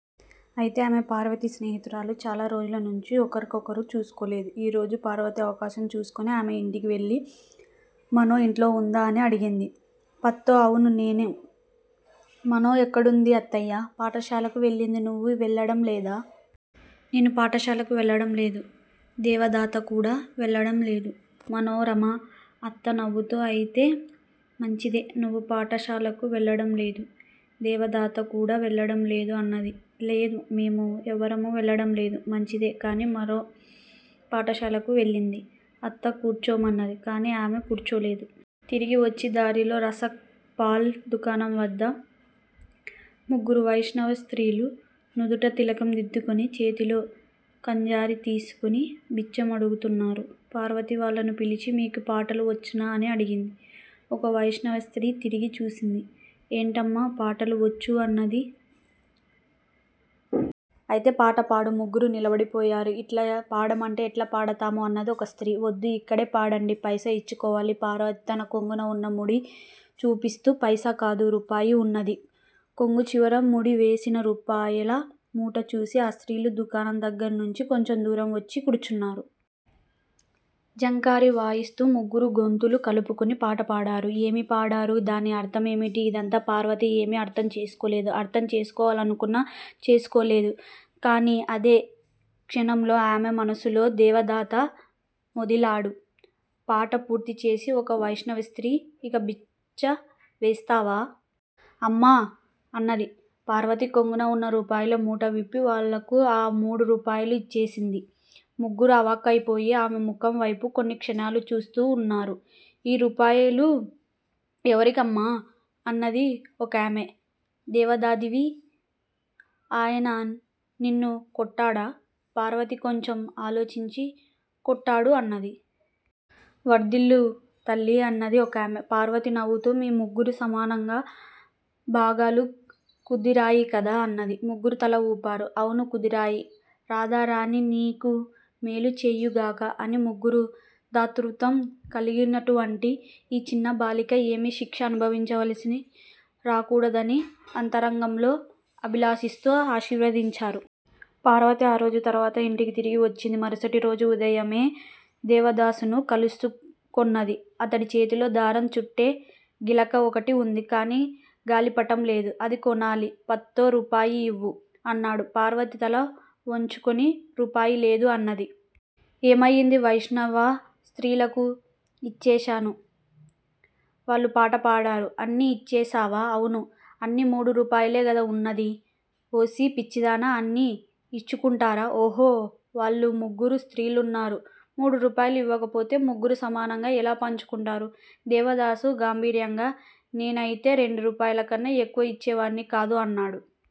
అయితే ఆమె పార్వతి స్నేహితురాలు చాలా రోజులనుంచి ఒకరి ఒకరు చూసుకోలేదు. ఈ రోజు, పార్వతి అవకాశం చూసుకొని ఆమె ఇంటికి వెళ్ళి మనో ఇంట్లో వుందా? అని అడిగింది. పత్తో! అవును నేనే. మనో ఎక్కడున్నది అత్తయ్యా? పాఠశాలకు వెళ్ళింది నువు వెళ్ళడం లేదా? నేను పాఠశాలకు వెళ్ళడంలేదు. దేవదాదా కూడా వెళ్ళడం లేదు. మనోరమ అత్త నవ్వుతూ అయితే మంచిదే! నీవూ పాఠ శాలకు వెళ్ళడంలేదు. దేవదాదా కూడా వెళ్ళడంలేదు అన్నది. లేదు, మేము ఎవ్వరమూ వెళ్ళడంలేదు. మంచిదే, కాని మనో పాఠశాలకు వెళ్ళింది. అత్త కూర్చోమన్నది. కాని ఆమె కూర్చోలేదు. తిరిగి వచ్చి. దారిలో రసక్ పాల్ దుకాణం వద్ద ముగ్గురు వైష్ణవ స్త్రీలు నుదుట తిలకం దిద్దుకుని, చేతిలో ఖంజారి తీసికొని బిచ్చం అడుగుతున్నారు. పార్వతి వాళ్ళను పిలిచి మీకు పాటలు వచ్చునా? అని అడిగింది. ఒక వైష్ణవ స్త్రీ తిరిగి చూసింది ఏమిటమ్మా, పాటలు వచ్చు అన్నది. అయితే పాట పాడు! ముగ్గురూ నిలబడిపోయారు! ఇట్లా పాడమంటే ఎట్లా పాడతాము అన్నది ఒక స్త్రీ. వద్దు, ఇక్కడే పాడండి! పైసా ఇచ్చుకోవాలి! పార్వతి తన కొంగున ఉన్న ముడి చూపిస్తూ పైసా కాదు, రూపాయి వున్నది. కొంగు చివర ముడివేసిన రూపాయల మూట చూసి ఆ స్త్రీలు దుకాణం దగ్గర నుంచి కొంచెం దూరం వచ్చి కూర్చున్నారు. జాంకారి వాయిస్తూ ముగ్గురూ గొంతులు కలుపుకొని పాట పాడారు. ఏమి పాడారు, దాని అర్ధమేమిటీ, ఇదంతా పార్వతి ఏమీ అర్ధం చేసుకోలేదు. అర్ధం చేసుకోవాలనుకున్నా చేసుకోలేదు. కాని అదే క్షణంలో ఆమె మనసులో దేవదాదా మెదిలాడు. పాట పూర్తిచేసి ఒక వైష్ణవ స్త్రీ ఇక బిచ్చ వేస్తావా! అమ్మా! అన్నది. పార్వతి కొంగున ఉన్న రూపాయల మూట విప్పి వాళ్ళకు ఆ మూడు రూపాయలూ ఇచ్చేసింది. ముగ్గురూ అవాక్కయిపోయి ఆమె ముఖం వైపు కొన్ని క్షణాలు చూస్తూ వున్నారు. ఈ రూపాయలు ఎవరికమ్మా? అన్నది ఒకామె. దేవదాదావి. ఆయన నిన్ను కొట్టడా? పార్వతి కొంచెం ఆలోచించి కొట్టడు అన్నది. వర్ధిల్లు తల్లీ అన్నది ఒకామె. పార్వతి నవ్వుతూ మీ ముగ్గురి సమానంగా బాగాలు కుదిరాయి గదా! అన్నది. ముగ్గురూ తల లూపారు. అవును కుదిరాయి. రాధారాణి నీకు మేలు చేయుగాక! అని ముగ్గురూ దాతృత్వం కలిగినటువంటి ఈ చిన్న బాలిక ఏమీ శిక్ష అనుభవించవలసి రాకూడదని అంతరంగంలో అభిలాషిస్తూ ఆశీర్వదించారు. పార్వతి ఆ రోజు తరువాత ఇంటికి తిరిగి వచ్చింది. మరుసటి రోజు ఉదయమే దేవదాసును కలుసుకొన్నది. అతడి చేతిలో దారం చుట్టే గిలక ఒకటి వుంది. కాని గాలిపటం లేదు. అది కొనాలి. పత్తో, రూపాయి ఇవ్వు. అన్నాడు. పార్వతి తల వంచుకొని రూపాయి లేదు అన్నది. ఏమయింది? వైష్ణవ స్త్రీలకు ఇచ్చేశాను. వాళ్ళు పాట పాడారు. అన్నీ ఇచ్చేశావా? అవును, అన్ని మూడు రూపాయలే గదా వున్నది? ఓసి పిచ్చిదానా, అన్నీ ఇచ్చుకుంటారా? ఓహో! వాళ్ళు ముగ్గురు స్త్రీలున్నారు. మూడు రూపాయలు ఇవ్వకపోతే ముగ్గురూ సమానంగా ఎలా పంచుకుంటారు? దేవదాసు గాంభీర్యంగా నేనయితే రెండు రూపాయలు కన్నా ఎక్కువ ఇచ్చేవాణ్ని కాదు-అన్నాడు.